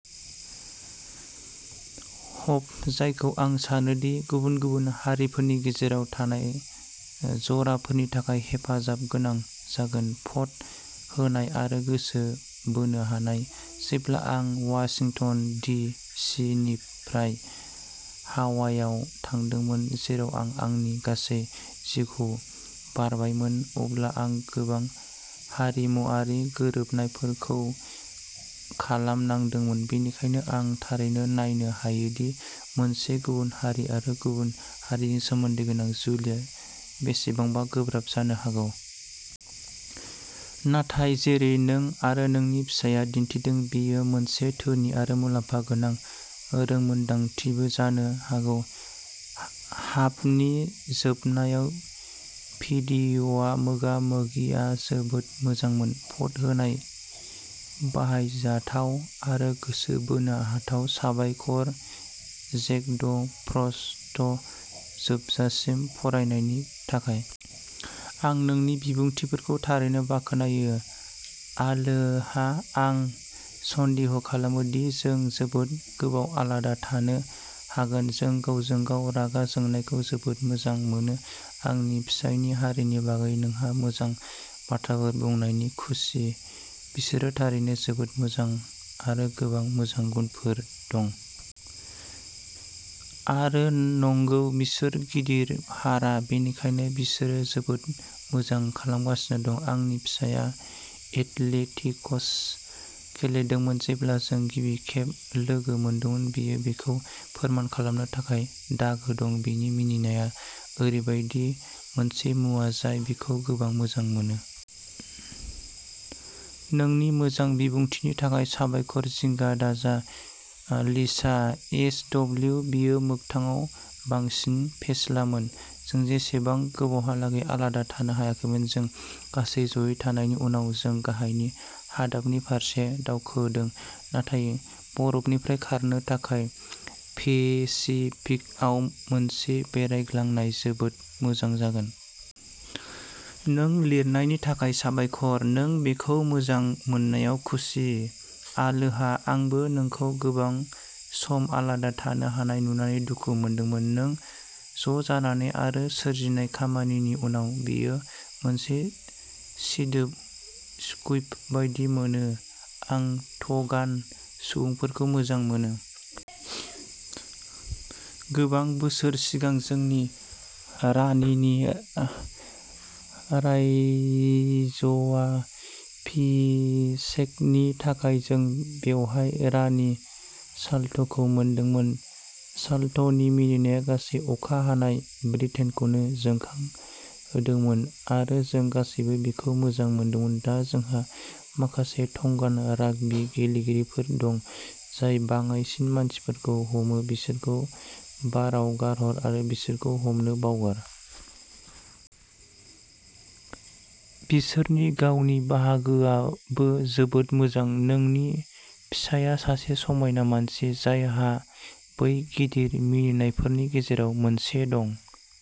हब जायखौ आं सानो दि गुबुन गुबुन हारिफोरनि गेजेराव थानाय जराफोरनि थाखाय हेफाजाब गोनां जागोन। भट होनाय आरो गोसो बोनो हानाय। जेब्ला आं वाशिंटन डि. सि. निफ्राय हावाइआव थांदोंमोन, जेराव आं आंनि गासै जिउखौ बारबायमोन, अब्ला आं गोबां "हारिमुआरि" गोरोबनायफोरखौ खालामनांदोंमोन, बेनिखायनो आं थारैनो नायनो हायोदि मोनसे गुबुन हारि आरो गुबुन हारिजों सोमोन्दो गोनां जुलिया बेसेबां गोब्राब जानो हागौ। नाथाय, जेरै नों आरो नोंनि फिसाया दिन्थिदों, बेयो मोनसे धोनि आरो मुलाम्फा गोनां रोंमोनदांथिबो जानो हागौ। हाबनि जोबनायाव भिडिअ'मोगा-मोगिआ जोबोद मोजांमोन। भ'ट होनाय, बाहायजाथाव, आरो गोसो बोनो हाथाव। साबायखर, जेग्डफ्रस्ट, जोबजासिम फरायनायनि थाखाय। आं नोंनि बिबुंथिफोरखौ थारैनो बाख्नायो। आलोहा! आं सन्देह खालामो दि जों जोबोद गोबाव आलादा थानो हागोन-जों गावजों-गाव रागा जोंनायखौ जोबोद मोजां मोनो! आंनि फिसायनि हारिनि बागै नोंहा मोजां बाथ्राफोर बुंनायाव खुसि। बिसोर थारैनो जोबोद मोजां, आरो गोबां मोजां गुनफोर दं। आरो, नंगौ, बिसोर गिदिर हारा, बेनिखायनो बिसोरो जोबोद मोजां खालामगासिनो दं। आंनि फिसाया एथलेटिक्स गेलेदोंमोन जेब्ला जों गिबि खेब लोगो मोनदोंमोन। बियो बेखौ फोरमान खालामनो थाखाय दागो दं। बिनि मिनिनाया ओरैबायदि मोनसे मुवा जाय बिखौ गोबां मोजां मोनो। नोंनि मोजां बिबुंथिनि थाखाय साबायखर। जिंगा दाजा लिसा एइचडब्लिउ। बेयो मोगथाङाव बांसिन फेस्लामोन। जों एसेबां गोबावहालागै आलादा थानो हायाखैमोन, जों गासै जयै थानायनि उनाव। जों गाहाय हादाबनि फारसे दावखोदों, नाथाय बरफनिफ्राय खारनो थाखाय पेसिफिकआव मोनसे बेरायग्लांनाय जोबोद मोजां जागोन। नों लिरनायनि थाखाय साबायखर। नों बेखौ मोजां मोननायाव खुसि। आलोहा! आंबो नोंखौ गोबां सम आलादा थानो हानाय नुनानै दुखु मोनदोंमोन। नों ज'जानानै आरो सोरजिनाय खामानिनि उनाव बेयो मोनसे सिदोब स्कुइब बायदि मोनो। आं ट'गान सुबुंफोरखौ मोजां मोनो। गोबां बोसोर सिगां, जोंनि रानिनि राज्याभिषेकनि थाखाय जों बेवहाय रानि साल'टखौ मोनदोंमोन। साल'टनि मिनिनाया गासै अखा हानाय ब्रिटेनखौ जोंखांहोदोंमोन आरो जों गासैबो बिखौ मोजां मोनदोंमोन। दा जोंहा माखासे टंगान राग्बी गेलेगिरिफोर दं, जाय बाङाइसिन मानसिफोरखौ हमो; बिसोरखौ बाराव गारहर आरो बिसोरखौ हमनो बावगार! बिसोरनि गावनि बाहागोआबो जोबोद मोजां। नोंनि फिसायआ सासे समायना मानसि, जायहा बै गिदिर मिनिनायफोरनि गेजेराव मोनसे दं।